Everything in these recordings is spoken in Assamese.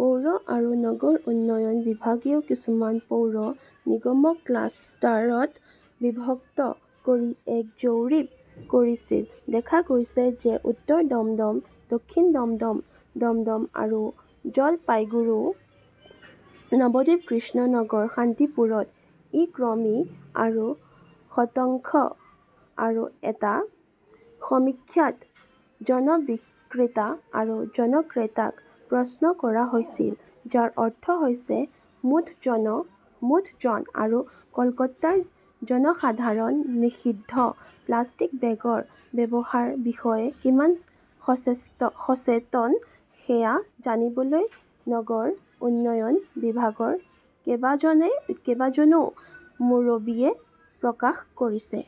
পৌৰ আৰু নগৰ উন্নয়ন বিভাগেও কিছুমান পৌৰ নিগমক ক্লাষ্টাৰত বিভক্ত কৰি এক জৰীপ কৰিছিল। দেখা গৈছে যে উত্তৰ দমদম, দক্ষিণ দমদম, দমদম আৰু জলপাইগুৰো, নৱদ্বীপ, কৃষ্ণনগৰ, শান্তিপুৰত ই ক্ৰমে আৰু শতাংশ। আৰু এটা সমীক্ষাত জন বিক্ৰেতা আৰু জন ক্ৰেতাক প্ৰশ্ন কৰা হৈছিল, যাৰ অৰ্থ হৈছে মুঠ জন, আৰু কলকাতাৰ জনসাধাৰণ নিষিদ্ধ প্লাষ্টিক বেগৰ ব্যৱহাৰৰ বিষয়ে কিমান সচেতন সেয়া জানিবলৈ নগৰ উন্নয়ন বিভাগৰ কেইবাজনো মুৰব্বীয়ে প্ৰকাশ কৰিছে।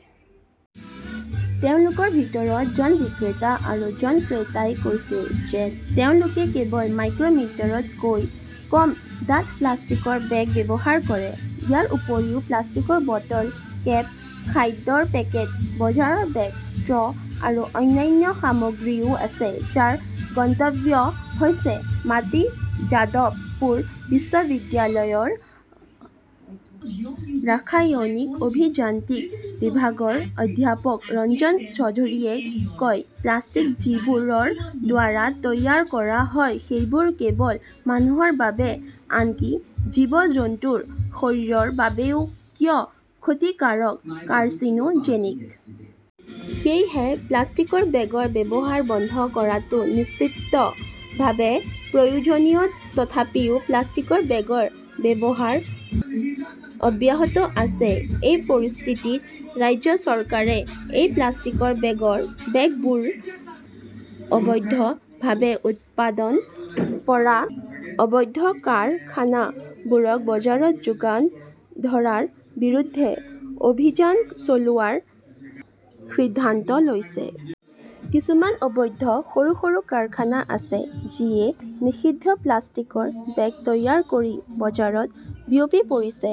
তেওঁলোকৰ ভিতৰত জন বিক্ৰেতা আৰু জন ক্ৰেতাই কৈছিল যে তেওঁলোকে কেৱল মাইক্ৰ মিটাৰতকৈ কম ডাঠ প্লাষ্টিকৰ বেগ ব্যৱহাৰ কৰে। ইয়াৰ উপৰিও প্লাষ্টিকৰ বটল, কেপ, খাদ্যৰ পেকেট, বজাৰৰ বেগ, ষ্ট্ৰ 'আৰু অন্যান্য সামগ্ৰী আছে, যাৰ গন্তব্য হৈছে মাটি, যাদৱপুৰ বিশ্ববিদ্যালয়ৰ ৰাসায়নিক অভিযান্ত্ৰিক বিভাগৰ অধ্যাপক ৰঞ্জন চৌধুৰীয়ে কয়, প্লাষ্টিক যিবোৰৰ দ্বাৰা তৈয়াৰ কৰা হয় সেইবোৰ কেৱল মানুহৰ বাবে, আনকি জীৱ-জন্তুৰ শৰীৰৰ বাবেও কিয় ক্ষতিকাৰক, কাৰ্চিনোজেনিক। সেয়েহে প্লাষ্টিকৰ বেগৰ ব্যৱহাৰ বন্ধ কৰাটো নিশ্চিতভাৱে প্ৰয়োজনীয়। তথাপিও প্লাষ্টিকৰ বেগৰ ব্যৱহাৰ অব্যাহত আছে। এই পৰিস্থিতিত ৰাজ্য চৰকাৰে এই প্লাষ্টিকৰ বেগবোৰ অবৈধভাৱে উৎপাদন কৰা অবৈধ কাৰখানাবোৰক বজাৰত যোগান ধৰাৰ বিৰুদ্ধে অভিযান চলোৱাৰ সিদ্ধান্ত লৈছে। কিছুমান অবৈধ সৰু-সৰু কাৰখানা আছে, যিয়ে নিষিদ্ধ প্লাষ্টিকৰ বেগ তৈয়াৰ কৰি বজাৰত বিয়পি পৰিছে,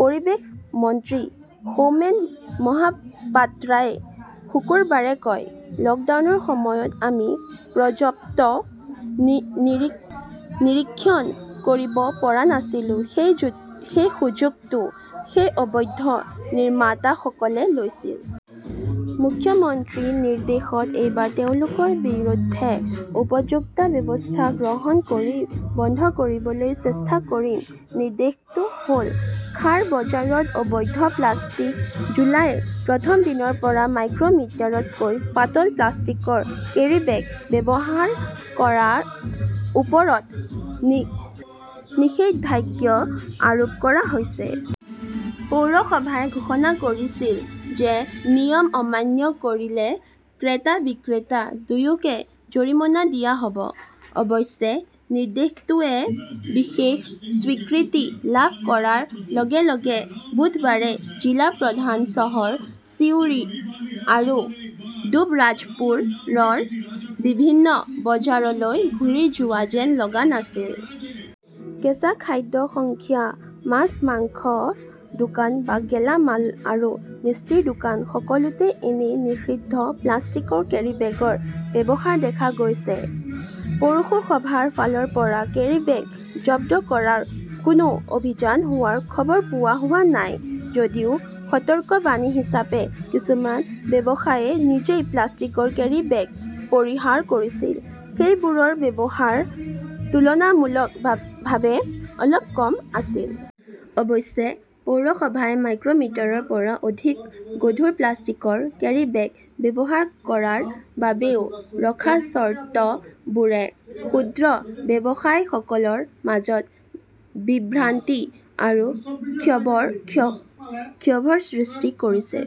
পৰিৱেশ মন্ত্ৰী সৌমেন মহাপাত্ৰাই শুকুৰবাৰে কয়। লকডাউনৰ সময়ত আমি পৰ্যাপ্ত নিৰীক্ষণ কৰিব পৰা নাছিলো। সেই সুযোগটো সেই অবৈধ নিৰ্মাতাসকলে লৈছিল। মুখ্যমন্ত্ৰীৰ নিৰ্দেশত এইবাৰ তেওঁলোকৰ বিৰুদ্ধে উপযুক্ত ব্যৱস্থা গ্ৰহণ কৰি বন্ধ কৰিবলৈ চেষ্টা কৰিম। "। নিৰ্দেশটো হ "ল সাৰ, বজাৰত অবৈধ প্লাষ্টিক জুলাইৰ প্ৰথম দিনৰ পৰা মাইক্ৰ মিটাৰতকৈ পাতল প্লাষ্টিকৰ কেৰীবেগ ব্যৱহাৰ কৰাৰ ওপৰত নিষেধাজ্ঞা আৰোপ কৰা হৈছে। পৌৰসভাই ঘোষণা কৰিছিল যে নিয়ম অমান্য কৰিলে ক্ৰেতা-বিক্ৰেতা দুয়োকে জৰিমনা দিয়া হ 'ব। অৱশ্যে, নিৰ্দেশটোৱে বিশেষ স্বীকৃতি লাভ কৰাৰ লগে-লগে বুধবাৰে জিলা প্ৰধান চহৰ ছিউৰি আৰু ডুব্ৰাজপুৰৰ বিভিন্ন বজাৰলৈ ঘূৰি যোৱা যেন লগা নাছিল। কেঁচা খাদ্যশস্য, মাছ, মাংসৰ দোকান বা গেলামাল আৰু মিষ্টিৰ দোকান-সকলোতে এনে 'নিষিদ্ধ প্লাষ্টিকৰ কেৰিব্যাগৰ ব্যৱহাৰ দেখা গৈছে। পৌৰসভাৰ ফালৰ পৰা কেৰীবেগ জব্দ কৰাৰ কোনো অভিযান হোৱাৰ খবৰ পোৱা হোৱা নাই। যদিও সতৰ্কবাণী হিচাপে কিছুমান ব্যৱসায়ীয়ে নিজেই প্লাষ্টিকৰ কেৰীবেগ পৰিহাৰ কৰিছিল, সেইবোৰৰ ব্যৱহাৰ তুলনামূলকভাৱে অলপ কম আছিল। অৱশ্যে, পৌৰসভাই মাইক্ৰ মিটাৰৰ পৰা অধিক গধুৰ প্লাষ্টিকৰ কেৰীবেগ ব্যৱহাৰ কৰাৰ বাবেও ৰখা চৰ্তবোৰে ক্ষুদ্ৰ ব্যৱসায়ীসকলৰ মাজত বিভ্ৰান্তি আৰু ক্ষোভৰ সৃষ্টি কৰিছে।